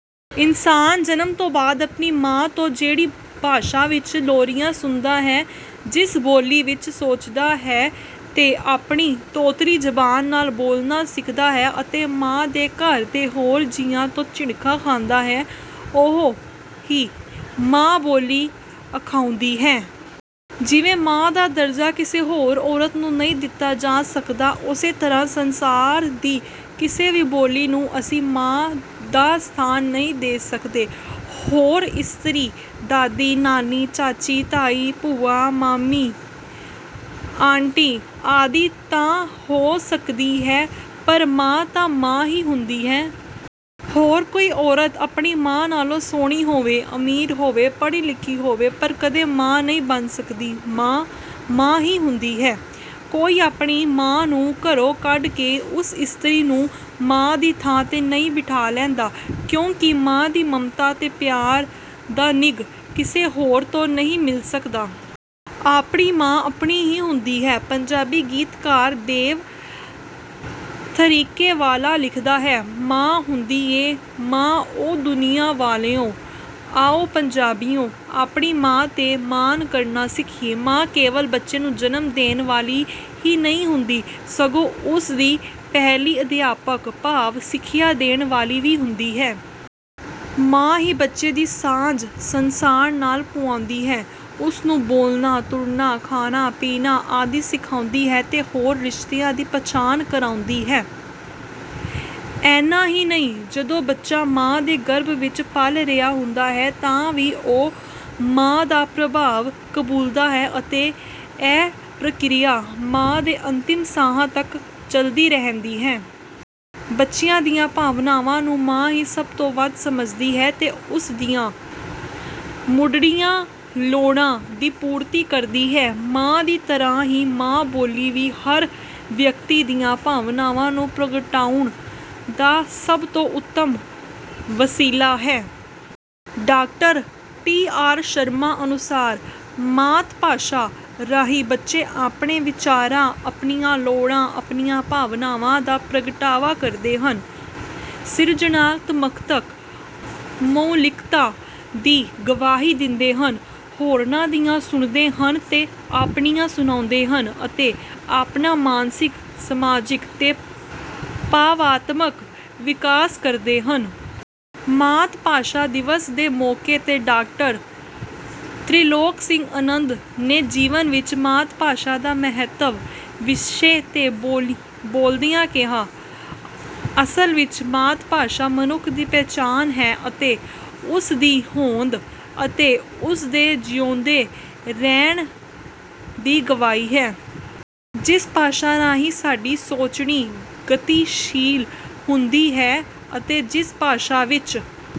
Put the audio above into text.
ਇਨਸਾਨ ਜਨਮ ਤੋਂ ਬਾਅਦ ਆਪਣੀ ਮਾਂ ਤੋਂ ਜਿਹੜੀ ਭਾਸ਼ਾ ਵਿੱਚ ਲੋਰੀਆਂ ਸੁਣਦਾ ਹੈ, ਜਿਸ ਬੋਲੀ ਵਿੱਚ ਸੋਚਦਾ ਹੈ ਤੇ ਆਪਣੀ ਤੋਤਲੀ ਜ਼ਬਾਨ ਨਾਲ ਬੋਲਣਾ ਸਿੱਖਦਾ ਹੈ ਅਤੇ ਮਾਂ ਤੇ ਘਰ ਦੇ ਹੋਰ ਜੀਆਂ ਤੋਂ ਝਿੜਕਾਂ ਖਾਂਦਾ ਹੈ, ਉਹੋ ਹੀ ਮਾਂ-ਬੋਲੀ ਅਖਵਾਉਂਦੀ ਹੈ। ਜਿਵੇਂ ਮਾਂ ਦਾ ਦਰਜਾ ਕਿਸੇ ਹੋਰ ਔਰਤ ਨੂੰ ਨਹੀਂ ਦਿੱਤਾ ਜਾ ਸਕਦਾ, ਉਸੇ ਤਰ੍ਹਾਂ ਸੰਸਾਰ ਦੀ ਕਿਸੇ ਵੀ ਬੋਲੀ ਨੂੰ ਅਸੀਂ ਮਾਂ ਦਾ ਸਥਾਨ ਨਹੀਂ ਦੇ ਸਕਦੇ। ਹੋਰ ਇਸਤਰੀ ਦਾਦੀ, ਨਾਨੀ, ਚਾਚੀ, ਤਾਈ, ਭੂਆ, ਮਾਮੀ, ਆਂਟੀ ਆਦਿ ਤਾਂ ਹੋ ਸਕਦੀ ਹੈ, ਪਰ ਮਾਂ ਤਾਂ ਮਾਂ ਹੀ ਹੁੰਦੀ ਹੈ। ਹੋਰ ਕਈ ਔਰਤ ਆਪਣੀ ਮਾਂ ਨਾਲੋਂ ਸੋਹਣੀ ਹੋਵੇ, ਅਮੀਰ ਹੋਵੇ, ਪੜ੍ਹੀ-ਲਿਖੀ ਹੋਵੇ, ਪਰ ਕਦੇ ਮਾਂ ਨਹੀਂ ਬਣ ਸਕਦੀ। ਮਾਂ, ਮਾਂ ਹੀ ਹੁੰਦੀ ਹੈ। ਕੋਈ ਆਪਣੀ ਮਾਂ ਨੂੰ ਘਰੋਂ ਕੱਢ ਕੇ ਉਸ ਇਸਤਰੀ ਨੂੰ ਮਾਂ ਦੀ ਥਾਂ 'ਤੇ ਨਹੀਂ ਬਿਠਾ ਲੈਂਦਾ, ਕਿਉਂਕਿ ਮਾਂ ਦੀ ਮਮਤਾ ਤੇ ਪਿਆਰ ਦਾ ਨਿੱਘ ਕਿਸੇ ਹੋਰ ਤੋਂ ਨਹੀਂ ਮਿਲ ਸਕਦਾ। ਆਪਣੀ ਮਾਂ ਆਪਣੀ ਹੀ ਹੁੰਦੀ ਹੈ। ਪੰਜਾਬੀ ਗੀਤਕਾਰ ਦੇਵ ਥਰੀਕੇ ਵਾਲਾ ਲਿਖਦਾ ਹੈ - "ਮਾਂ ਹੁੰਦੀ ਏ ਮਾਂ ਓ ਦੁਨੀਆਂ ਵਾਲਿਓ" ਆਓ ਪੰਜਾਬੀਓ! ਆਪਣੀ ਮਾਂ 'ਤੇ ਮਾਣ ਕਰਨਾ ਸਿੱਖੀਏ। ਮਾਂ ਕੇਵਲ ਬੱਚੇ ਨੂੰ ਜਨਮ ਦੇਣ ਵਾਲੀ ਹੀ ਨਹੀਂ ਹੁੰਦੀ, ਸਗੋਂ ਉਸ ਦੀ ਪਹਿਲੀ ਅਧਿਆਪਕ ਭਾਵ ਸਿੱਖਿਆ ਦੇਣ ਵਾਲੀ ਵੀ ਹੁੰਦੀ ਹੈ। ਮਾਂ ਹੀ ਬੱਚੇ ਦੀ ਸਾਂਝ ਸੰਸਾਰ ਨਾਲ ਪੁਆਉਂਦੀ ਹੈ। ਉਸਨੂੰ ਬੋਲਣਾ, ਤੁਰਨਾ, ਖਾਣਾ-ਪੀਣਾ ਆਦਿ ਸਿਖਾਉਂਦੀ ਹੈ ਤੇ ਹੋਰ ਰਿਸ਼ਤਿਆਂ ਦੀ ਪਛਾਣ ਕਰਵਾਉਂਦੀ ਹੈ। ਇੰਨਾ ਹੀ ਨਹੀਂ, ਜਦੋਂ ਬੱਚਾ ਮਾਂ ਦੇ ਗਰਭ ਵਿੱਚ ਪਲ ਰਿਹਾ ਹੁੰਦਾ ਹੈ, ਤਾਂ ਵੀ ਉਹ ਮਾਂ ਦਾ ਪ੍ਰਭਾਵ ਕਬੂਲਦਾ ਹੈ ਅਤੇ ਇਹ ਪ੍ਰਕਿਰਿਆ ਮਾਂ ਦੇ ਅੰਤਿਮ ਸਾਹਾਂ ਤੱਕ ਚਲਦੀ ਰਹਿੰਦੀ ਹੈ। ਬੱਚੇਆ ਦੀਆਂ ਭਾਵਨਾਵਾਂ ਨੂੰ ਮਾਂ ਹੀ ਸਭ ਤੋਂ ਵੱਧ ਸਮਝਦੀ ਹੈ ਤੇ ਉਸ ਦੀਆਂ ਮੁੱਢਡੀਆਂ ਲੋੜਾਂ ਦੀ ਪੂਰਤੀ ਕਰਦੀ ਹੈ। ਮਾਂ ਦੀ ਤਰ੍ਹਾਂ ਹੀ ਮਾਂ-ਬੋਲੀ ਵੀ ਹਰ ਵਿਅਕਤੀ ਦੀਆਂ ਭਾਵਨਾਵਾਂ ਨੂੰ ਪ੍ਰਗਟਾਉਣ ਦਾ ਸਭ ਤੋਂ ਉੱਤਮ ਵਸੀਲਾ ਹੈ। Doctor T. ਆਰ. ਸ਼ਰਮਾ ਅਨੁਸਾਰ - "ਮਾਤ-ਭਾਸ਼ਾ ਰਾਹੀਂ ਬੱਚੇ ਆਪਣੇ ਵਿਚਾਰਾਂ, ਆਪਣੀਆਂ ਲੋੜਾਂ, ਆਪਣੀਆਂ ਭਾਵਨਾਵਾਂ ਦਾ ਪ੍ਰਗਟਾਵਾ ਕਰਦੇ ਹਨ, ਸਿਰਜਣਾਤਮਕਤਾ, ਮੌਲਿਕਤਾ ਦੀ ਗਵਾਹੀ ਦਿੰਦੇ ਹਨ, ਹੋਰਨਾਂ ਦੀਆਂ ਸੁਣਦੇ ਹਨ ਤੇ ਆਪਣੀਆਂ ਸੁਣਾਉਂਦੇ ਹਨ ਅਤੇ ਆਪਣਾ ਮਾਨਸਿਕ, ਸਮਾਜਿਕ ਤੇ ਭਾਵਾਤਮਕ ਵਿਕਾਸ ਕਰਦੇ ਹਨ।" ਮਾਤ-ਭਾਸ਼ਾ ਦਿਵਸ ਦੇ ਮੌਕੇ 'ਤੇ ਡਾਕਟਰ ਤ੍ਰਿਲੋਕ ਸਿੰਘ ਅਨੰਦ ਨੇ "ਜੀਵਨ ਵਿੱਚ ਮਾਤ-ਭਾਸ਼ਾ ਦਾ ਮਹੱਤਵ" ਵਿਸ਼ੇ 'ਤੇ ਬੋਲਦਿਆਂ ਕਿਹਾ - "ਅਸਲ ਵਿੱਚ ਮਾਤ-ਭਾਸ਼ਾ ਮਨੁੱਖ ਦੀ ਪਛਾਣ ਹੈ ਅਤੇ ਉਸ ਦੀ ਹੋਂਦ ਅਤੇ ਉਸ ਦੇ ਜੀਉਂਦੇ ਰਹਿਣ ਦੀ ਗਵਾਹੀ ਹੈ। ਜਿਸ ਭਾਸ਼ਾ ਰਾਹੀਂ ਸਾਡੀ ਸੋਚਣੀ ਗਤੀਸ਼ੀਲ ਹੁੰਦੀ ਹੈ ਅਤੇ ਜਿਸ ਭਾਸ਼ਾ ਵਿੱਚ